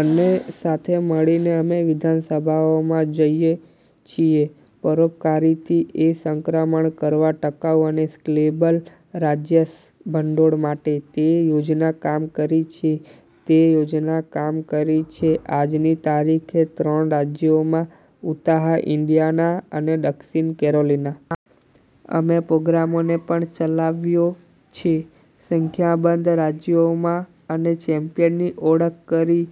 અને સાથે મળીને અમે વિધાનસભાઓમાં જઈએ છીએ પરોપકારીથી એ સંક્રમણ કરવા ટકાઉ અને સ્કેલેબલ રાજ્ય ભંડોળ માટે. તે યોજના કામ કરી છે. તે યોજના કામ કરી છે આજની તારીખે ત્રણ રાજ્યોમાં: ઉતાહ, ઇન્ડિયાના અને દક્ષિણ કેરોલિના. અમે પોગ્રામોને પણ ચલાવ્યો છે સંખ્યાબંધ રાજ્યોમાં અને ચેમ્પિયનની ઓળખ કરી.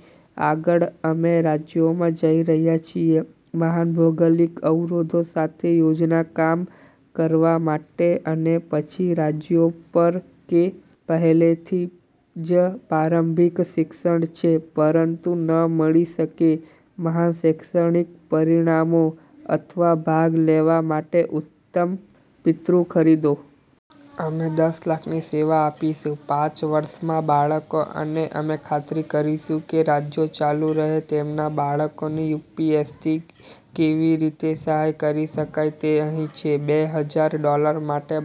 આગળ, અમે રાજ્યોમાં જઈ રહ્યા છીએ મહાન ભૌગોલિક અવરોધો સાથે યોજના કામ કરવા માટે અને પછી રાજ્યો પર કે પહેલેથી જ પારંભિક શિક્ષણ છે પરંતુ ન મળી શકે મહાન શૈક્ષણિક પરિણામો અથવા ભાગ લેવા માટે ઉત્તમ પિતૃ ખરીદો. અમે દસ લાખની સેવા આપીશું પાંચ વર્ષમાં બાળકો અને અમે ખાતરી કરીશું કે રાજ્યો ચાલુ રહે તેમના બાળકોને યુ.પી.એસ.ટી. કેવી રીતે સહાય કરી શકાય તે અહીં છે. બે હજાર ડોલર માટે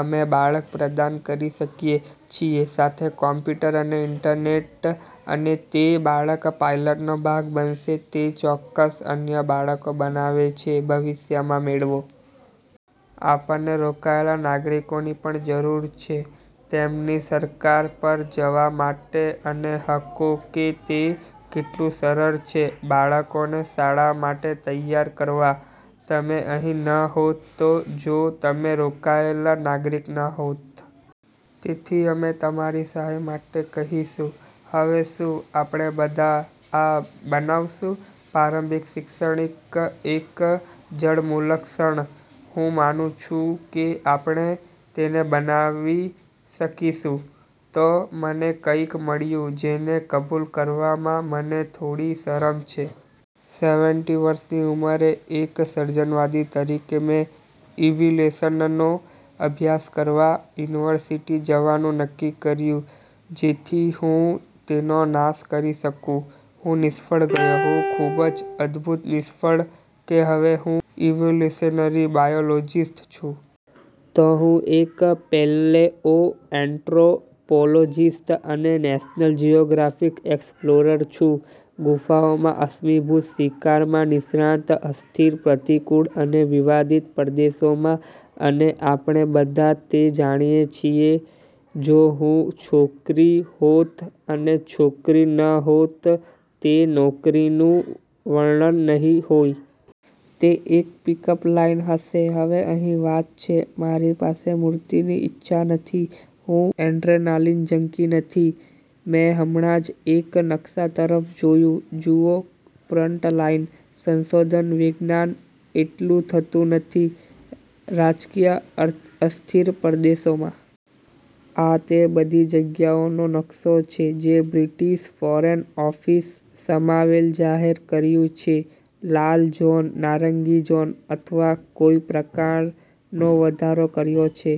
અમે બાળક પ્રદાન કરી શકીએ છીએ સાથે કમ્પ્યુટર અને ઇન્ટરનેટ અને તે બાળક પાઇલટનો ભાગ બનશે તે ચોક્કસ અન્ય બાળકો બનાવે છે ભવિષ્યમાં મેળવો. આપણને રોકાયેલા નાગરિકોની પણ જરૂર છે તેમની સરકાર પર જવા માટે અને હકો કે તે કેટલું સરળ છે બાળકોને શાળા માટે તૈયાર કરવા. તમે અહીં ન હોત જો તમે રોકાયેલા નાગરિક ન હોત. તેથી અમે તમારી સહાય માટે કહીશું. હવે, શું આપણે બધા આ બનાવશું? પારંભિક શિક્ષણ એક એક જળમૂલક ક્ષણ? હું માનું છું કે આપણે તેને બનાવી શકીશું. તો મને કંઈક મળ્યું જેને કબૂલ કરવામાં મને થોડી શરમ છે. સેવેનટી વર્ષની ઉંમરે એક સર્જનવાદી તરીકે, મેં ઇવ્યુલેશનનો અભ્યાસ કરવા યુનિવર્સિટી જવાનું નક્કી કર્યું જેથી હું તેનો નાશ કરી શકું. હું નિષ્ફળ ગયો. હું ખૂબ જ અદભૂત નિષ્ફળ કે હવે હું ઇવોલ્યુશનરી બાયોલોજિસ્ટ છું. તો હું એક પેલેઓએન્ટ્રોપોલોજિસ્ટ અને નેશનલ જિયોગ્રાફિક એક્સપ્લોરર છું. ગુફાઓમાં અશ્મિભૂત શિકારમાં નિષ્ણાત અસ્થિર, પ્રતિકૂળ અને વિવાદિત પ્રદેશોમાં. અને આપણે બધા તે જાણીએ છીએ જો હું છોકરી હોત અને છોકરી ન હોત, તે નોકરીનું વર્ણન નહીં હોય. તે એક પિક-અપ લાઇન હશે. હવે, અહીં વાત છે. મારી પાસે મૃત્યુની ઇચ્છા નથી. હું એડ્રેનાલિન જંકી નથી. મેં હમણાં જ એક નકશા તરફ જોયું. જુઓ, ફ્રન્ટલાઈન સંશોધન વૈજ્ઞાન એટલું થતું નથી રાજકીય અસ્થિર પ્રદેશોમાં. આ તે બધી જગ્યાઓનો નકશો છે જે બ્રિટીશ ફોરેન ઓફિસ સમાવેલ જાહેર કર્યું છે લાલ ઝોન, નારંગી ઝોન અથવા કોઈ પ્રકારનો વધારો કર્યો છે.